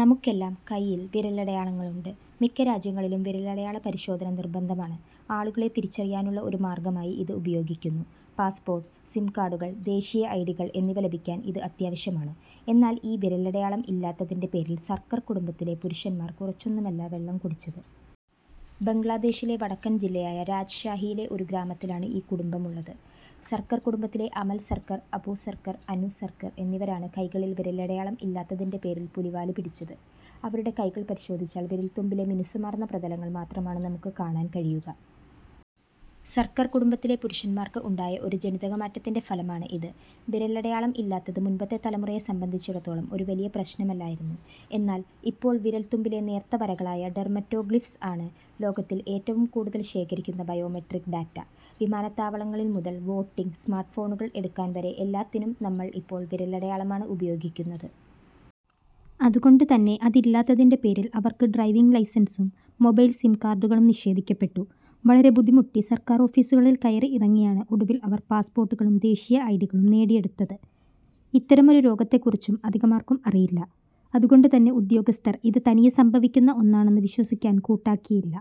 നമുക്കെല്ലാം കൈയിൽ വിരലടയാളങ്ങളുണ്ട്. മിക്ക രാജ്യങ്ങളിലും വിരലടയാള പരിശോധന നിർബന്ധമാണ്. ആളുകളെ തിരിച്ചറിയാനുള്ള ഒരു മാർഗമായി ഇത് ഉപയോഗിക്കുന്നു. പാസ്പോർട്ട്, സിം കാർഡുകൾ, ദേശീയ ഐഡികൾ എന്നിവ ലഭിക്കാൻ ഇത് അതാവശ്യമാണ്. എന്നാൽ, ഈ വിരലടയാളം ഇല്ലാത്തതിൻ്റെ പേരിൽ സർക്കർ കുടുംബത്തിലെ പുരുഷന്മാർ കുറച്ചൊന്നുമല്ല വെള്ളം കുടിച്ചത്. ബംഗ്ലാദേശിലെ വടക്കൻ ജില്ലയായ രാജ്ഷാഹിയിലെ ഒരു ഗ്രാമത്തിലാണ് ഈ കുടുംബമുള്ളത്. സർക്കർ കടുംബത്തിലെ അമൽ സർക്കർ, അപു സർക്കാർ, അനു സർക്കർ എന്നിവരാണ് കൈകളിൽ വിരലടയാളം ഇല്ലാത്തതിൻ്റെ പേരിൽ പുലിവാല് പിടിച്ചത്. അവരുടെ കൈകൾ പരിശോധിച്ചാൽ വിരൽത്തുമ്പിലെ മിനുസമാർന്ന പ്രതലങ്ങൾ മാത്രമാണ് നമുക്ക് കാണാൻ കഴിയുക. സർക്കർ കുടുംബത്തിലെ പുരുഷന്മാർക്ക് ഉണ്ടായ ഒരു ജനിതകമാറ്റത്തിൻ്റെ ഫലമാണ് ഇത്. വിരലടയാളം ഇല്ലാത്തത് മുൻപത്തെ തലമുറയെ സംബന്ധിച്ചിടത്തോളം ഒരു വലിയ പ്രശ്നമല്ലായിരുന്നു. എന്നാൽ, ഇപ്പോൾ വിരൽത്തുമ്പിലെ നേർത്ത വരകളായ ഡെർമറ്റോഗ്ലിഫ്സ് ആണ് ലോകത്തിൽ ഏറ്റവും കൂടുതൽ ശേഖരിക്കുന്ന ബയോമെട്രിക് ഡാറ്റ. വിമാനത്താവളങ്ങളിൽ മുതൽ വോട്ടിംഗ്, സ്മാർട്ട്ഫോണുകൾ എടുക്കാൻ വരെ എല്ലാത്തിനും നമ്മൾ ഇപ്പോൾ വിരലടയാളമാണ് ഉപയോഗിക്കുന്നത്. അതുകൊണ്ട് തന്നെ അതില്ലാത്തതിൻ്റെ പേരിൽ അവർക്ക് ഡ്രൈവിംഗ് ലൈസൻസും മൊബൈൽ സിം കാർഡുകളും നിഷേധിക്കപ്പെട്ടു. വളരെ ബുദ്ധിമുട്ടി സർക്കാർ ഓഫീസുകളിൽ കയറി ഇറങ്ങിയാണ് ഒടുവിൽ അവർ പാസ്പോർട്ടുകളും ദേശീയ ഐഡികളും നേടിയെടുത്തത്. ഇത്തരമൊരു രോഗത്തെ കുറിച്ചും അധികമാർക്കും അറിയില്ല. അതുകൊണ്ടുതന്നെ ഉദ്യോഗസ്ഥർ ഇത് തനിയെ സംഭവിക്കുന്ന ഒന്നാണെന്ന് വിശ്വസിക്കാൻ കൂട്ടാക്കിയില്ല.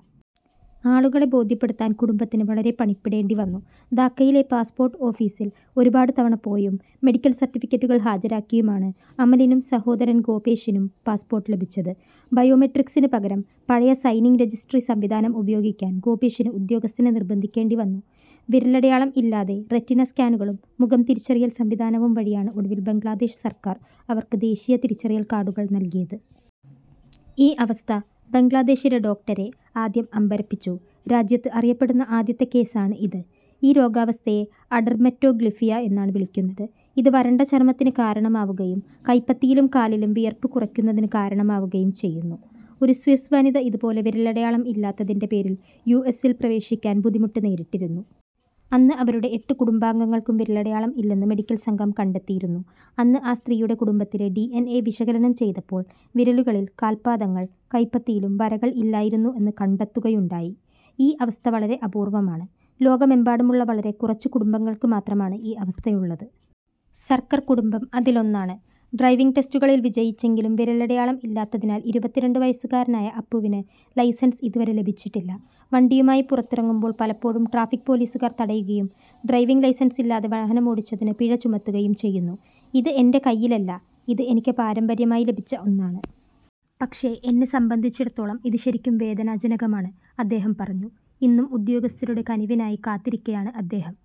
ആളുകളെ ബോധ്യപ്പെടുത്താൻ കുടുംബത്തിന് വളരെ പണിപ്പെടേണ്ടി വന്നു. ധാക്കയിലെ പാസ്പോർട്ട് ഓഫീസിൽ ഒരുപാട് തവണ പോയും, മെഡിക്കൽ സർട്ടിഫിക്കറ്റുകൾ ഹാജരാക്കിയുമാണ് അമലിനും സഹോദരൻ ഗോപേഷിനും പാസ്പോർട്ട് ലഭിച്ചത്. ബയോമെട്രിക്സിനുപകരം, പഴയ സൈനിംഗ് രജിസ്ട്രി സംവിധാനം ഉപയോഗിക്കാൻ ഗോപേഷിന് ഉദ്യോഗസ്ഥനെ നിർബന്ധിക്കേണ്ടി വന്നു. വിരലടയാളം ഇല്ലാതെ റെറ്റിന സ്കാനുകളും മുഖം തിരിച്ചറിയൽ സംവിധാനവും വഴിയാണ് ഒടുവിൽ ബംഗ്ലാദേശ് സർക്കാർ അവർക്ക് ദേശീയ തിരിച്ചറിയൽ കാർഡുകൾ നൽകിയത്. ഈ അവസ്ഥ ബംഗ്ലാദേശിലെ ഡോക്ടരെ ആദ്യം അമ്പരപ്പിച്ചു. രാജ്യത്ത് അറിയപ്പെടുന്ന ആദ്യത്തെ കേസാണ് ഇത്. ഈ രോഗാവസ്ഥയെ അഡെർമറ്റോഗ്ലിഫിയ എന്നാണ് വിളിക്കുന്നത്. ഇത് വരണ്ട ചർമ്മത്തിന് കാരണമാവുകയും കൈപ്പത്തിയിലും കാലിലും വിയർപ്പ് കുറയ്ക്കുന്നതിന് കാരണമാവുകയും ചെയ്യുന്നു. ഒരു സ്വിസ് വനിത ഇതുപോലെ വിരലടയാളം ഇല്ലാത്തതിൻ്റെ പേരിൽ യുഎസിൽ പ്രവേശിക്കാൻ ബുദ്ധിമുട്ട് നേരിട്ടിരുന്നു. അന്ന് അവരുടെ എട്ട് കുടുംബാംഗങ്ങൾക്കും വിരലടയാളം ഇല്ലെന്ന് മെഡിക്കൽ സംഘം കണ്ടെത്തിയിരുന്നു. അന്ന് ആ സ്ത്രീയുടെ കുടുംബത്തിലെ ഡി. എൻ. എ. വിശകലനം ചെയ്തപ്പോൾ വിരലുകളിൽ, കാൽപാദങ്ങൾ, കൈപ്പത്തിയിലും വരകൾ ഇല്ലായിരുന്നു എന്ന് കണ്ടത്തുകയുണ്ടായി. ഈ അവസ്ഥ വളരെ അപൂർവമാണ്. ലോകമെമ്പാടുമുള്ള വളരെ കുറച്ച് കുടുംബങ്ങൾക്ക് മാത്രമാണ് ഈ അവസ്ഥയുള്ളത്. സർക്കർ കുടുംബം അതിലൊന്നാണ്. ഡ്രൈവിംഗ് ടെസ്റ്റുകളിൽ വിജയിച്ചെങ്കിലും, വിരലടയാളം ഇല്ലാത്തതിനാൽ ഇരുപത്തിരണ്ട് വയസ്സുകാരനായ അപ്പുവിന് ലൈസൻസ് ഇതുവരെ ലഭിച്ചിട്ടില്ല. വണ്ടിയുമായി പുറത്തിറങ്ങുമ്പോൾ പലപ്പോഴും ട്രാഫിക് പൊലീസുകാർ തടയുകയും ഡ്രൈവിംഗ് ലൈസൻസില്ലാതെ വാഹനമോടിച്ചതിന് പിഴ ചുമത്തുകയും ചെയ്യുന്നു. "ഇത് എൻ്റെ കൈയിലല്ല. ഇത് എനിക്ക് പാരമ്പര്യമായി ലഭിച്ച ഒന്നാണ്. പക്ഷേ, എന്നെ സംബന്ധിച്ചിടത്തോളം ഇത് ശരിക്കും വേദനാജനകമാണ് " അദ്ദേഹം പറഞ്ഞു. ഇന്നും ഉദ്യോഗസ്ഥരുടെ കനിവിനായി കാത്തിരിക്കയാണ് അദ്ദേഹം.